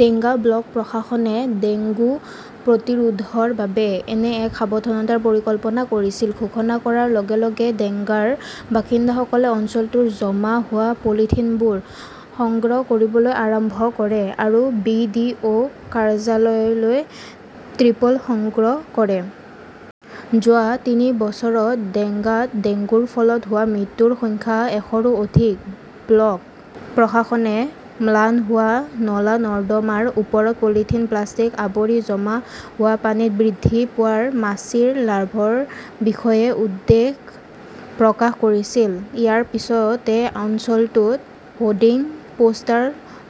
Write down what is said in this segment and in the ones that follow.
Deganga block প্ৰশাসনে dengue প্ৰতিৰোধৰ বাবে এনে এক সাৱধানতাৰ পৰিকল্পনা কৰিছিল। ঘোষণা কৰাৰ লগে -লগে দেগাঙ্গাৰ বাসিন্দাসকলে অঞ্চলটোৰ জমা হোৱা পলিথিনবোৰ সংগ্ৰহ কৰিবলৈ আৰম্ভ কৰে আৰু বি. ডি. অ কাৰ্যালয়লৈ ট্ৰিপল সংগ্ৰহ কৰে। যোৱা তিনি বছৰত দেগঙ্গাত ডেংগুৰ ফলত হোৱা মৃত্যুৰ সংখ্যা এশৰো অধিক। ব্লক প্ৰশাসনে ম্লান হোৱা নলা-নৰ্দমাৰ ওপৰত পলিথিন, প্লাষ্টিক আৱৰি জমা হোৱা পানীত বৃদ্ধি পোৱা মাছিৰ লাৰ্ভৰ বিষয়ে উদ্বেগ প্ৰকাশ কৰিছিল। ইয়াৰ পিছতে অঞ্চলটোত হোৰ্ডিং, পোষ্টাৰ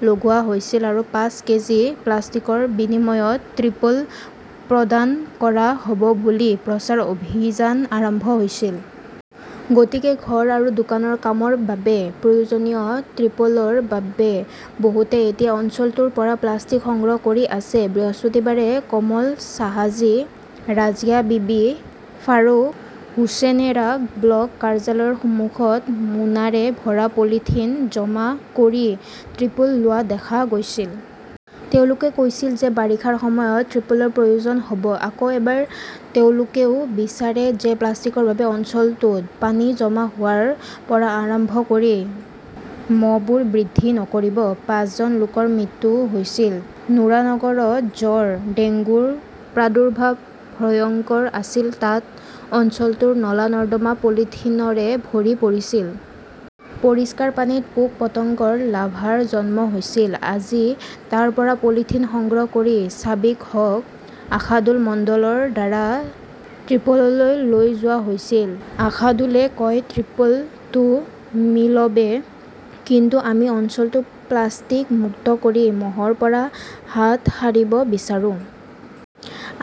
লগোৱা হৈছিল আৰু পাঁচ কেজি প্লাষ্টিকৰ বিনিময়ত ত্ৰিপল প্ৰদান কৰা হ'ব বুলি প্ৰচাৰ অভিযান আৰম্ভ হৈছিল। গতিকে ঘৰ আৰু দোকানৰ কামৰ বাবে প্ৰয়োজনীয় ত্ৰিপলৰ বাবে বহুতে এতিয়া অঞ্চলটোৰ পৰা প্লাষ্টিক সংগ্ৰহ কৰি আছে। বৃহস্পতিবাৰে কমল চাহাজী, ৰাজিয়া বিবি, ফাৰুক হোছেনেৰাক ব্লক কাৰ্যালয়ৰ সন্মুখত মোনাৰে ভৰা পলিথিন জমা কৰি ট্ৰিপল লোৱা দেখা গৈছিল। তেওঁলোকে কৈছিল যে, বাৰিষাৰ সময়ত ত্ৰিপলৰ প্ৰয়োজন হ 'ব ।আকৌ এবাৰ তেওঁলোকেও বিচাৰে যে প্লাষ্টিকৰ বাবে অঞ্চলটোত পানী জমা হোৱাৰ পৰা আৰম্ভ কৰি মহবোৰ বৃদ্ধি নকৰিব। পাঁচজন লোকৰ মৃত্যুও হৈছিল। নুৰানগৰত জ্বৰ, ডেংগুৰ প্ৰাদুৰ্ভাৱ ভয়ংকৰ আছিল তাত অঞ্চলটোৰ নলা-নৰ্দমা পলিথিনৰে ভৰি পৰিছিল। পৰিষ্কাৰ পানীত পোক-পতংগৰ লাৰ্ভাৰ জন্ম হৈছিল। আজি তাৰ পৰা পলিথিন সংগ্ৰহ কৰি চাবিক হক, আশাদুল মণ্ডলৰ দ্বাৰা ত্ৰিপললৈ লৈ যোৱা হৈছিল। আশাদুলে কয়, ত্ৰিপল তো মিলবে। কিন্তু আমি অঞ্চলটো প্লাষ্টিক মুক্ত কৰি মহৰ পৰা হাত সাৰিব বিচাৰো।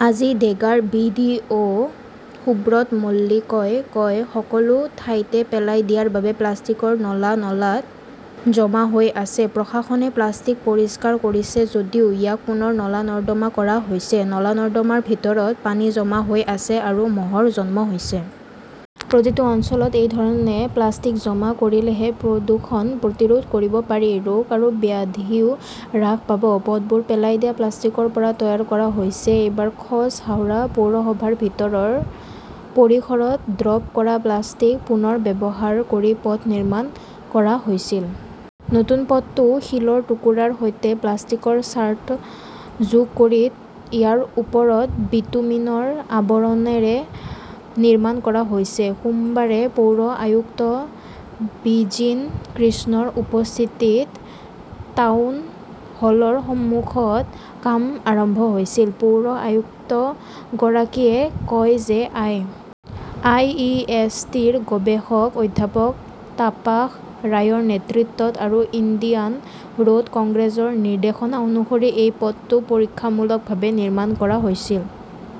আজি দেগাৰ বি. ডি. অ সুব্ৰত মল্লিকই কয়, সকলো ঠাইতে পেলাই দিয়াৰ বাবে প্লাষ্টিকৰ নলা নালাত জমা হৈ আছে। প্ৰশাসনে প্লাষ্টিক পৰিষ্কাৰ কৰিছে যদিও ইয়াক পুনৰ নলা-নৰ্দমা কৰা হৈছে। নলা-নৰ্দমাৰ ভিতৰত পানী জমা হৈ আছে আৰু মহৰ জন্ম হৈছে। প্ৰতিটো অঞ্চলত এই ধৰণে প্লাষ্টিক জমা কৰিলেহে প্ৰদূষণ প্ৰতিৰোধ কৰিব পাৰি। ৰোগ আৰু ব্যাধিও হ্ৰাস পাব। পথবোৰ পেলাই দিয়া প্লাষ্টিকৰ পৰা তৈয়াৰ কৰা হৈছে এইবাৰ খছ হাওৰা পৌৰসভাৰ ভিতৰৰ পৰিসৰত ড্ৰপ কৰা প্লাষ্টিক পুনৰ ব্যৱহাৰ কৰি পথ নিৰ্মাণ কৰা হৈছিল। নতুন পথটো শিলৰ টুকুৰাৰ সৈতে প্লাষ্টিকৰ ছাৰ্ট যোগ কৰি ইয়াৰ ওপৰত বিটুমিনৰ আৱৰণৰে নিৰ্মাণ কৰা হৈছে। সোমবাৰে পৌৰ আয়ুক্ত বিজিন কৃষ্ণৰ উপস্থিতিত টাউন হলৰ সন্মুখত কাম আৰম্ভ হৈছিল। পৌৰ আয়ুক্তগৰাকীয়ে কয় যে I. I. E. S. T. -ৰ গৱেষক অধ্যাপক তাপাস ৰায়ৰ নেতৃত্বত আৰু ইণ্ডিয়ান ৰোড কংগ্ৰেছৰ নিৰ্দেশনা অনুসৰি এই পথটো পৰীক্ষামূলকভাৱে নিৰ্মাণ কৰা হৈছিল।